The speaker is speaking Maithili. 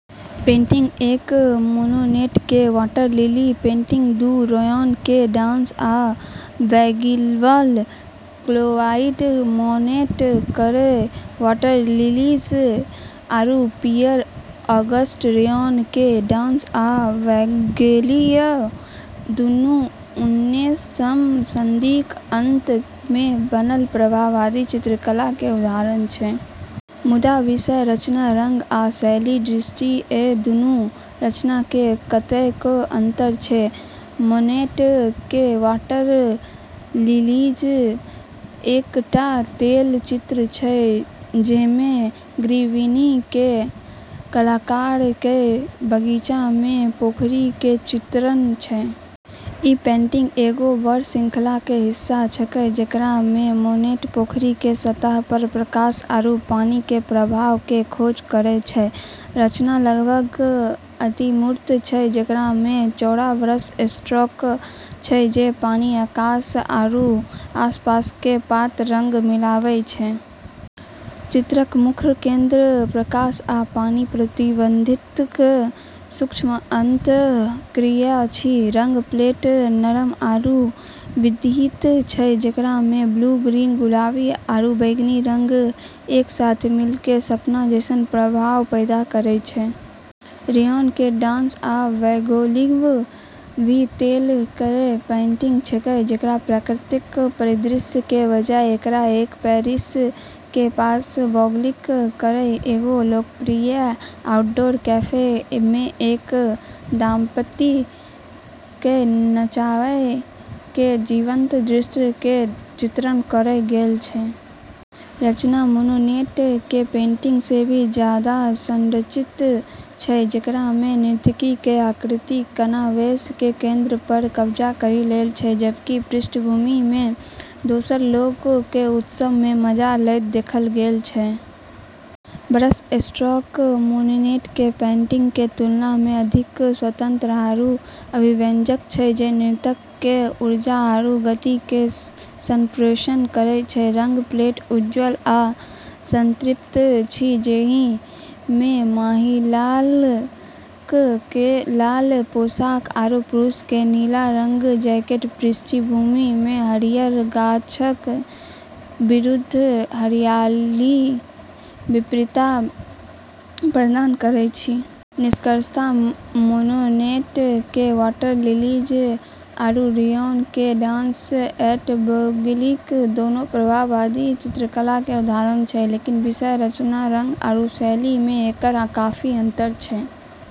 पेंटिंग एक: मोनेट के "वाटर लिली" पेंटिंग दू: रेनॉय के "dance at Bougival" Claude Monet केर "वाटर लिलीज" आरू पियरे-अगस्ट रेनॉय केर "डांस एट बौगिवल" दोनों उन्नैसम सदीक अंत मे बनल प्रभाववादी चित्रकला के उदाहरण छै। मुदा विषय, रचना, रंग आ शैलीक दृष्टिएँ दुनू रचना मे कतेको अंतर अछि। मोनेट केर "वाटर लिलीज" एक टा तेल चित्र छै जाहिमे गिवेर्नी केर कलाकार केर बगीचा मे पोखरी के चित्रण छै। ई पेंटिंग एगो बड़ श्रृंखला के हिस्सा छेकै, जेकरा मे मोनेट पोखरी के सतह पर प्रकाश आरू पानी के प्रभाव के खोज करै छै। रचना लगभग अमूर्त छै, जेकरा मे चौड़ा ब्रश स्ट्रोक छै जे पानी, आकाश आरू आसपास के पात के रंग के मिलाबै छै। चित्रक मुख्य केंद्र प्रकाश आ पानि पर प्रतिबिंबक सूक्ष्म अंतःक्रिया अछि। रंग पैलेट नरम आरू विविध छै, जेकरा मे ब्लू, ग्रीन, गुलाबी आरू बैंगनी रंग एक साथ मिल कऽ सपना जैसन प्रभाव पैदा करै छै। रेनॉय केर "डांस एट बौगिवल" भी तेल केर पेंटिंग छेकै, लेकिन प्राकृतिक परिदृश्य के बजाय, एकरा मे पेरिस के पास बौगिवल केर एगो लोकप्रिय आउटडोर कैफे मे एक दंपति केर नाचय के जीवंत दृश्य के चित्रण करल गेल छै। रचना मोनेट केर पेंटिंग सँ भी जादा संरचित छै, जेकरा मे नर्तकी केर आकृति कैनवास के केंद्र पर कब्जा करी लेल छै, जबकि पृष्ठभूमि मे दोसर लोग कऽ उत्सव के मजा लेत देखल जाय छै। ब्रशस्ट्रोक मोनेट केर पेंटिंग के तुलना मे अधिक स्वतंत्र आरू अभिव्यंजक छै, जे नृत्य के ऊर्जा आरू गति के संप्रेषण करै छै। रंग पैलेट उज्ज्वल आ संतृप्त अछि, जाहि मे महिलाक लाल पोशाक आ पुरुषक नील रंगक जैकेट पृष्ठभूमि मे हरियर गाछक विरुद्ध हड़ताली विपरीतता प्रदान करैत अछि। निष्कर्षतः मोनेट केर "वाटर लिलीज" आरू रेनॉय केर "डांस एट बौगिवल" दोनों प्रभाववादी चित्रकला के उदाहरण छै, लेकिन विषय, रचना, रंग आरू शैली में एकर काफी अंतर छै।